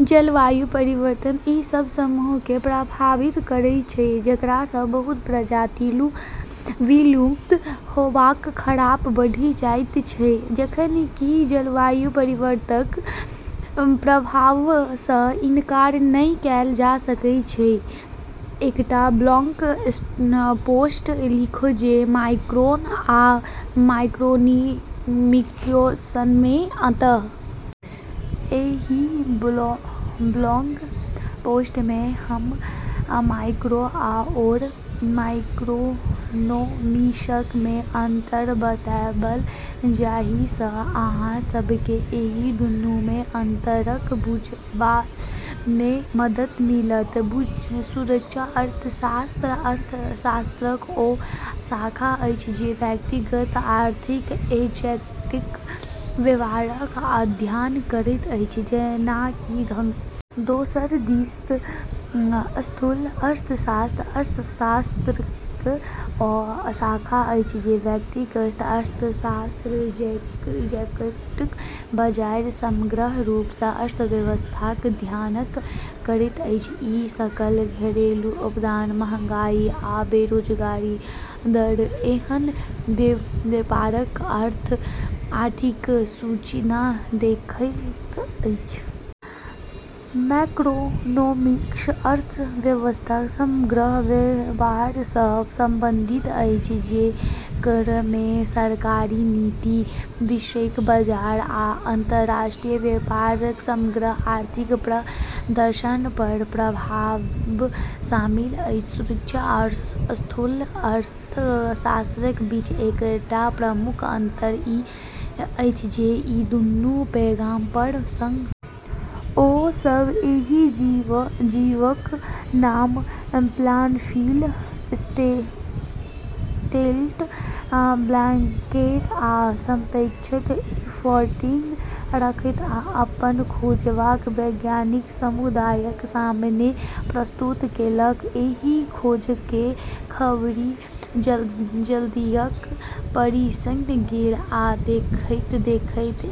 जलवायु परिवर्तन ई सभ समूहकेँ प्रभावित करैत अछि, जेकरा सँ बहुत प्रजातिक विलुप्त होयबाक खतरा बढ़ि जाइत अछि। जखन कि जलवायु परिवर्तनक प्रभाव सँ इनकार नहि कएल जा सकैत अछि। एकटा ब्लॉग पोस्ट लिखू जे माइक्रो आ मैक्रोइकोनॉमिक्समे अंतर बताबय। एहि ब्लॉग पोस्टमे हम माइक्रो आओर मैक्रोइकोनॉमिक्समे अंतर बताएब जाहि सँ अहाँ सभकेँ एहि दुनूमे अंतरकेँ बुझबामे मदद मिलत। सूक्ष्म अर्थशास्त्र अर्थशास्त्रक ओ शाखा अछि जे व्यक्तिगत आर्थिक एजेंटक व्यवहारक अध्ययन करैत अछि, जेना कि घर, फर्म, आ उद्योग। दोसर दिस स्थूल अर्थशास्त्र अर्थशास्त्रक ओ शाखा अछि जे व्यक्तिगत आर्थिक एजेंटक बजाय समग्र रूप सँ अर्थव्यवस्थाक अध्ययन करैत अछि। ई सकल घरेलू उत्पाद, मँहगाई, आ बेरोजगारी दर एहन व्यापक आर्थिक सूचककेँ देखैत अछि। मैक्रोइकोनॉमिक्स अर्थव्यवस्थाक समग्र व्यवहार सँ संबंधित अछि, जेकरामे सरकारी नीति, वैश्विक बाजार, आ अंतर्राष्ट्रीय व्यापारक समग्र आर्थिक प्रदर्शन पर प्रभाव शामिल अछि। सूक्ष्म आ स्थूल अर्थशास्त्रक बीच एकटा प्रमुख अंतर ई अछि जे ई कोन पैमाना पर संचालित होइत अछि। ओ सभ एहि जीवक नाम "फ्लफी टेल्ड क्लाइम्बर" वा संक्षेपमे एफटीसी रखलक आ अपन खोजकेँ वैज्ञानिक समुदायक सामने प्रस्तुत केलक। एहि खोजक खबरि जल्दीए पसरि गेल, आ देखैत-देखैत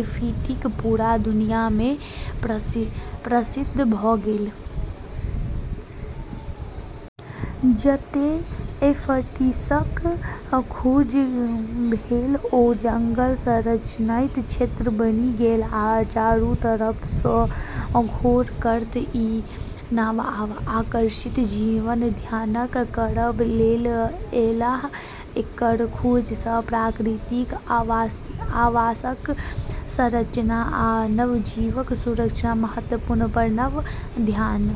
एफटीसी पूरा दुनियामे प्रसिद्ध भ’ गेल। जतै एफटीसीक खोज भेलै, ओ जंगल संरक्षित क्षेत्र बनि गेलै, आ चारू तरफ सँ शोधकर्ता ई नव आ आकर्षक जीवक अध्ययन करबा लेल एलाह। एकर खोज सँ प्राकृतिक आवासक संरक्षण आ वन्यजीवक सुरक्षाक महत्व पर नव ध्यान।